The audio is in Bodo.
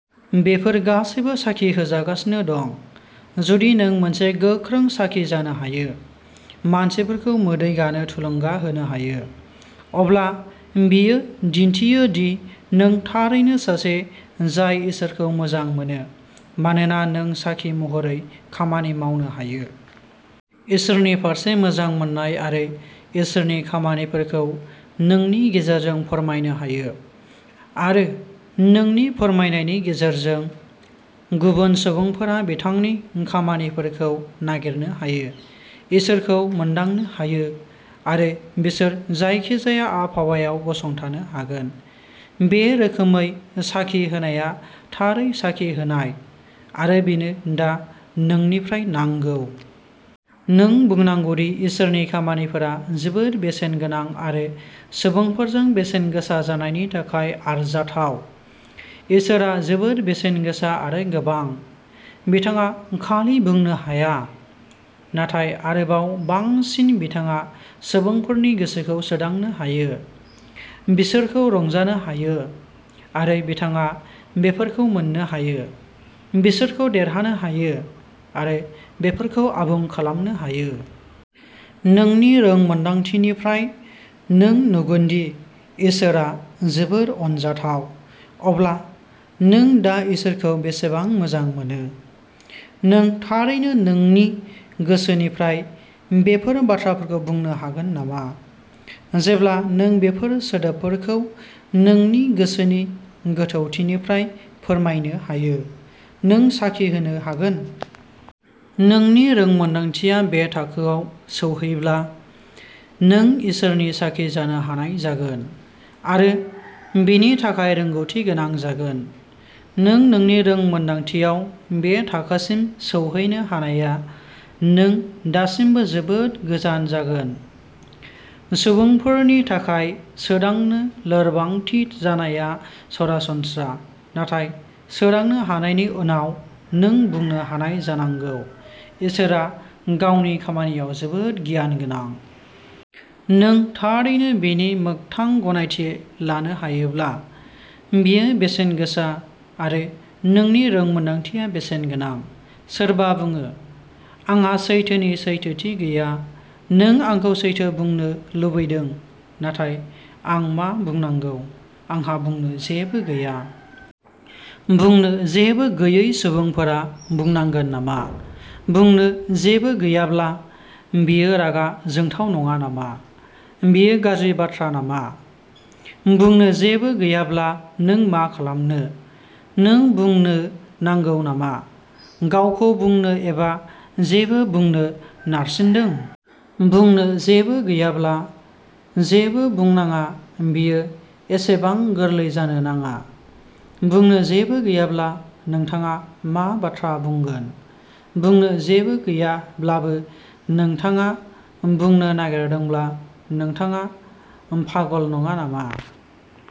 बेफोर गासैबो साखि होजागासिनो दं। जुदि नों मोनसे गोख्रों साखि जानो हायो, मानसिफोरखौ मोदै गानो थुलुंगा होनो हायो, अब्ला बेयो दिन्थियो दि नों थारैनो सासे जाय इसोरखौ मोजां मोनो। मानोना नों साखि महरै खामानि मावनो हायो। इसोरनि फारसे मोजां मोन्नाय आरो इसोरनि खामानिफोरखौ नोंनि गेजेरजों फोरमायनो हायो। आरो नोंनि फोरमायनायनि गेजेरजों, गुबुन सुबुंफोरा बिथांनि खामानिफोरखौ नागिरनो हायो, इसोरखौ मोनदांनो हायो, आरो बिसोर जायखिजाया आबहावायाव गसंथानो हागोन। बे रोखोमै साखि होनाया थारै साखि होनाय, आरो बेनो दा नोंनिफ्राय नांगौ। नों बुंनांगौदि इसोरनि खामानिफोरा जोबोद बेसेनगोनां आरो सुबुंफोरजों बेसेनगोसा जानायनि थाखाय आरजाथाव, इसोरआ जोबोद बेसेनगोसा आरो गोबां, बिथाङा खालि बुंनो हाया, नाथाय आरोबाव बांसिन बिथाङा सुबुंफोरनि गोसोखौ सोदांनो हायो, बिसोरखौ रंजानो हायो, आरो बिथाङा बेफोरखौ मोन्नो हायो, बिसोरखौ देरहानो हायो, आरो बेफोरखौ आबुं खालामनो हायो। नोंनि रोंमोनदांथिनिफ्राय नों नुगोनदि इसोरआ जोबोद अनजाथाव। अब्ला नों दा इसोरखौ बेसेबां मोजां मोनो? नों थारैनो नोंनि गोसोनिफ्राय बेफोर बाथ्राफोरखौ बुंनो हागोन नामा? जेब्ला नों बेफोर सोदोबफोरखौ नोंनि गोसोनि गोथौनिफ्राय फोरमायनो हायो। नों साखि होनो हागोन। नोंनि रोंमोन्दांथिया बे थाखोआव सौहैब्ला नों इसोरनि साखि जानो हानाय जागोन, आरो बेनि थाखाय रोंग'थि गोनां जागोन। नों नोंनि रोंमोन्दांथियाव बे थाखोसिम सौहैनो हायाब्ला, नों दासिमबो जोबोद गोजान जागोन। सुबुंफोरनि थाखाय सोदांनो लोरबांथि जानाया सरासनस्रा, नाथाय सोदांनो हानायनि उनाव नों बुंनो हानाय जानांगौः "इसोरआ गावनि खामानियाव जोबोद गियानगोनां! " नों थारैनो बेनि मोगथां गनायथि लानो हायोब्ला, बेयो बेसेनगोसा, आरो नोंनि रोंमोन्दांथिया बेसेनगोनां। सोरबा बुङोः "आंहा सैथोनि सैथोथि गैया, नों आंखौ सैथो बुंनो लुबैदों, नाथाय आं मा बुंनांगौ? आंहा बुंनो जेबो गैया। " बुंनो जेबो गैयै सुबुंफोरा बुंनांगोन नामा? बुंनो जेबो गैयाब्ला, बेयो रागा जोंथाव नङा नामा? बेयो गाज्रि बाथ्रा नामा? बुंनो जेबो गैयाब्ला नों मा खालामो? नों बुंनो नांगौ नामा? गावखौ बुंनो एबा जेबो बुंनो नारसिनदों? बुंनो जेबो गैयाब्ला, जेबो बुंनाङा-बेयो एसेबां गोरलै जानो नाङा! बुंनो जेबो गैयाब्ला, नोंथाङा मा बाथ्रा बुंगोन? बुंनो जेबो गैयाब्लाबो, नोंथाङा बुंनो नारसिनदोंब्ला, नोंथाङा पागल नङा नामा?